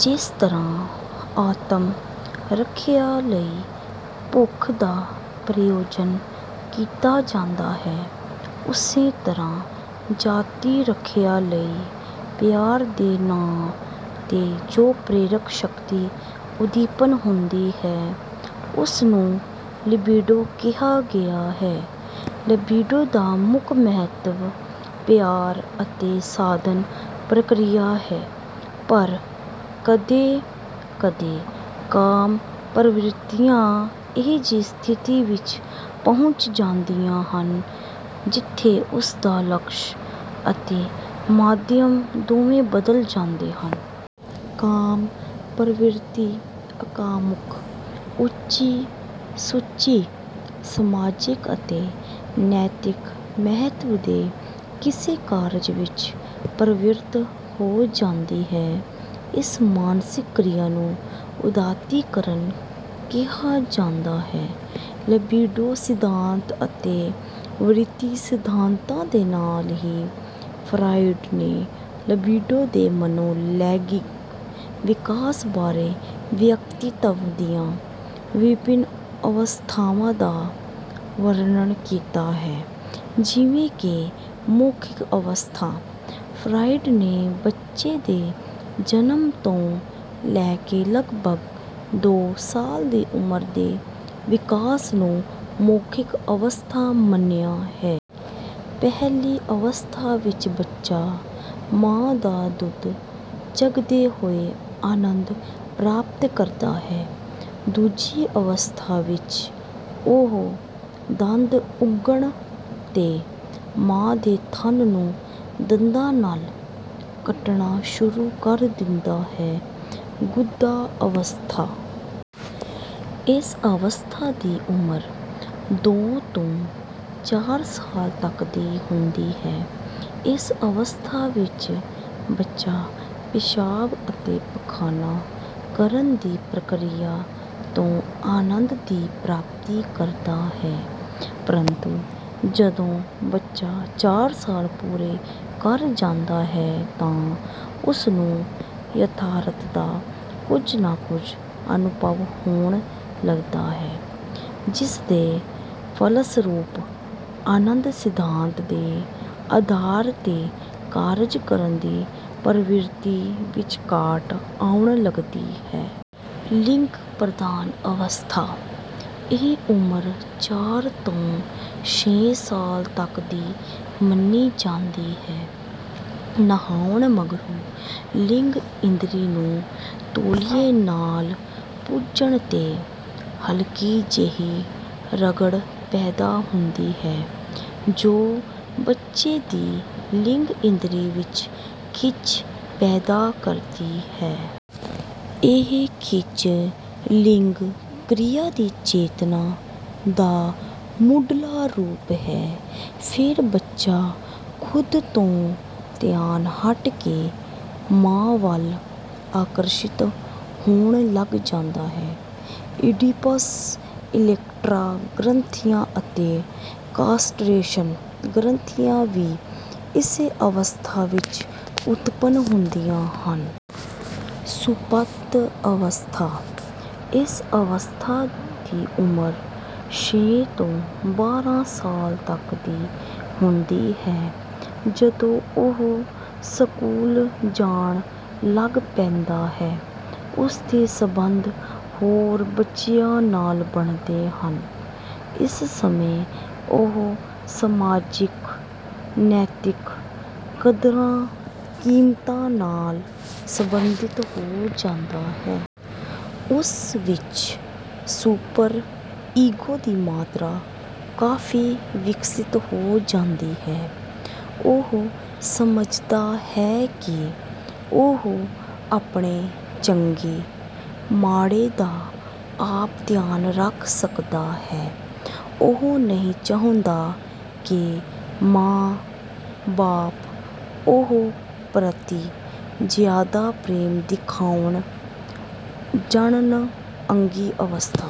ਜਿਸ ਤਰ੍ਹਾਂ ਆਤਮ-ਰੱਖਿਆ ਲਈ ਭੁੱਖ ਦਾ ਪ੍ਰਯੋਜਨ ਕੀਤਾ ਜਾਂਦਾ ਹੈ। ਉਸੇ ਤਰ੍ਹਾਂ ਜਾਤੀ ਰੱਖਿਆ ਲਈ ਪਿਆਰ ਦੇ ਨਾਂ ਤੇ ਜੋ ਪ੍ਰੇਰਕ ਸ਼ਕਤੀ ਉੱਦੀਪਨ ਹੁੰਦੀ ਹੈ ਉਸਨੂੰ ਲਿਬਿਡੋ ਕਿਹਾ ਗਿਆ ਹੈ। ਲਿਬਿਡੋ ਦਾ ਮੁੱਖ ਮੰਤਵ ਪਿਆਰ ਅਤੇ ਸਾਧਨ ਪ੍ਰਕਿਰਿਆ ਹੈ ਪਰ ਕਦੇ-ਕਦੇ ਕਾਮ ਪ੍ਰਵਿਰਤੀਆਂ ਅਜਿਹੀ ਸਥਿਤੀ ਵਿੱਚ ਪਹੁੰਚ ਜਾਂਦੀਆਂ ਹਨ ਜਿੱਥੇ ਉਸਦਾ ਲਕਸ਼ ਅਤੇ ਮਾਧਿਅਮ ਦੋਵੇਂ ਬਦਲ ਜਾਂਦੇ ਹਨ। ਕਾਮ ਪ੍ਰਵਿਰਤੀ ਅਕਾਮੁਕ, ਉੱਚੀ-ਸੁੱਚੀ, ਸਮਾਜਿਕ ਅਤੇ ਨੈਤਿਕ ਮਹੱਤਵ ਦੇ ਕਿਸੇ ਕਾਰਜ ਵਿੱਚ ਪ੍ਰਵਿਰਤ ਹੋ ਜਾਂਦੀ ਹੈ। ਇਸ ਮਾਨਸਿਕ ਕ੍ਰਿਆ ਨੂੰ ਉਦਾਤੀਕਰਨ ਕਿਹਾ ਜਾਂਦਾ ਹੈ। ਲਿਬਿਡੋ ਸਿਧਾਂਤ ਅਤੇ ਵ੍ਰਿਤੀ ਸਿਧਾਂਤਾਂ ਦੇ ਨਾਲ ਹੀ ਫਰਾਇਡ ਨੇ ਲਿਬਿਡੋ ਦੇ ਮਨੋ-ਲੈਂਗਿਕ ਵਿਕਾਸ ਬਾਰੇ ਵਿਅਕਤਿਤ੍ਵ ਦੀਆਂ ਵਿਭਿੰਨ ਅਵਸਥਾਵਾਂ ਦਾ ਵਰਣਨ ਕੀਤਾ ਹੈ: ਜਿਵੇਂ ਕਿ ਮੌਖਿਕ ਅਵਸਥਾ: ਫਰਾਇਡ ਨੇ ਬੱਚੇ ਦੇ ਜਨਮ ਤੋਂ ਲੈ ਕੇ ਲਗਭਗ ਦੋ ਸਾਲ ਦੀ ਉਮਰ ਦੇ ਵਿਕਾਸ ਨੂੰ ਮੌਖਿਕ ਅਵਸਥਾ ਮੰਨਿਆ ਹੈ। ਪਹਿਲੀ ਅਵਸਥਾ ਵਿੱਚ ਬੱਚਾ ਮਾਂ ਦਾ ਦੁੱਧ ਚੰਘਦੇ ਹੋਏ ਆਨੰਦ ਪ੍ਰਾਪਤ ਕਰਦਾ ਹੈ। ਦੂਜੀ ਅਵਸਥਾ ਵਿੱਚ ਉਹ ਦੰਦ ਉਗਣ 'ਤੇ ਮਾਂ ਦੇ ਥਨ ਨੂੰ ਦੰਦਾਂ ਨਾਲ ਕੱਟਣਾ ਸ਼ੁਰੂ ਕਰ ਦਿੰਦਾ ਹੈ। ਗੁਦਾ ਅਵਸਥਾ: ਇਸ ਅਵਸਥਾ ਦੀ ਉਮਰ ਦੋ ਤੋਂ ਚਾਰ ਸਾਲ ਤੱਕ ਦੀ ਹੁੰਦੀ ਹੈ, ਇਸ ਅਵਸਥਾ ਵਿੱਚ ਬੱਚਾ ਪਿਸ਼ਾਬ ਅਤੇ ਪਖਾਨਾ ਕਰਨ ਦੀ ਪ੍ਰਕਿਰਿਆ ਤੋਂ ਆਨੰਦ ਦੀ ਪ੍ਰਾਪਤੀ ਕਰਦਾ ਹੈ, ਪ੍ਰੰਤੂ ਜਦੋਂ ਬੱਚਾ ਚਾਰ ਸਾਲ ਪੂਰੇ ਕਰ ਜਾਂਦਾ ਹੈ ਤਾਂ ਉਸਨੂੰ ਯਥਾਰਥ ਦਾ ਕੁੱਝ ਨਾ ਕੁੱਝ ਅਨੁਭਵ ਹੋਣ ਲੱਗਦਾ ਹੈ ਜਿਸਦੇ ਫਲਸਰੂਪ ਆਨੰਦ ਸਿਧਾਂਤ ਦੇ ਆਧਾਰ ਤੇ ਕਾਰਜ ਕਰਨ ਦੀ ਪ੍ਰਵਿਰਤੀ ਵਿੱਚ ਘਾਟ ਆਉਣ ਲੱਗਦੀ ਹੈ। ਲਿੰਗ ਪ੍ਰਧਾਨ ਅਵਸਥਾ: ਇਹ ਉਮਰ ਚਾਰ ਤੋਂ ਛੇ ਸਾਲ ਤੱਕ ਦੀ ਮੰਨੀ ਜਾਂਦੀ ਹੈ। ਨਹਾਉਣ ਮਗਰੋਂ ਲਿੰਗ ਇੰਦਰੀ ਨੂੰ ਤੋਲੀਏ ਨਾਲ ਪੂੰਝਣ ਤੇ ਹਲਕੀ ਜਿਹੀ ਰਗੜ ਪੈਦਾ ਹੁੰਦੀ ਹੈ ਜੋ ਬੱਚੇ ਦੀ ਲਿੰਗ ਇੰਦਰੀ ਵਿੱਚ ਖਿੱਚ ਪੈਦਾ ਕਰਦੀ ਹੈ। ਇਹ ਖਿੱਚ ਲਿੰਗ ਕ੍ਰਿਆ ਦੀ ਚੇਤਨਾ ਦਾ ਮੁੱਢਲਾ ਰੂਪ ਹੈ। ਫਿਰ ਬੱਚਾ ਖ਼ੁਦ ਤੋਂ ਧਿਆਨ ਹੱਟ ਕੇ ਮਾਂ ਵੱਲ ਆਕਰਸ਼ਿਤ ਹੋਣ ਲੱਗ ਜਾਂਦਾ ਹੈ। ਇਡੀਪਸ, ਇਲੈਕਟ੍ਰਾ ਗ੍ਰੰਥੀਆਂ ਅਤੇ ਕਾਸਟਰੇਸ਼ਨ ਗ੍ਰੰਥੀਆਂ ਵੀ ਇਸੇ ਅਵਸਥਾ ਵਿੱਚ ਉਤਪੰਨ ਹੁੰਦੀਆਂ ਹਨ। ਸੁਪਤ ਅਵਸਥਾ: ਇਸ ਅਵਸਥਾ ਦੀ ਉਮਰ ਛੇ ਤੋਂ ਬਾਰਾਂ ਸਾਲ ਤੱਕ ਦੀ ਹੁੰਦੀ ਹੈ, ਜਦੋਂ ਉਹ ਸਕੂਲ ਜਾਣ ਲੱਗ ਪੈਂਦਾ ਹੈ, ਉਸਦੇ ਸੰਬੰਧ ਹੋਰ ਬੱਚਿਆਂ ਨਾਲ ਬਣਦੇ ਹਨ। ਇਸ ਸਮੇਂ ਉਹ ਸਮਾਜਿਕ, ਨੈਤਿਕ ਕਦਰਾਂ-ਕੀਮਤਾਂ ਨਾਲ ਸੰਬੰਧਿਤ ਹੋ ਜਾਂਦਾ ਹੈ। ਉਸ ਵਿੱਚ ਸੁਪਰ-ਈਗੋ ਦੀ ਮਾਤਰਾ ਕਾਫੀ ਵਿਕਸਿਤ ਹੋ ਜਾਂਦੀ ਹੈ। ਉਹ ਸਮਝਦਾ ਹੈ ਕਿ ਉਹ ਆਪਣੇ ਚੰਗੇ-ਮਾੜੇ ਦਾ ਆਪ ਧਿਆਨ ਰੱਖ ਸਕਦਾ ਹੈ, ਉਹ ਨਹੀਂ ਚਾਹੁੰਦਾ ਕਿ ਮਾਂ-ਬਾਪ ਉਹ ਪ੍ਰਤੀ ਜ਼ਿਆਦਾ ਪ੍ਰੇਮ ਦਿਖਾਉਣ। ਜਣਨਅੰਗੀ ਅਵਸਥਾ: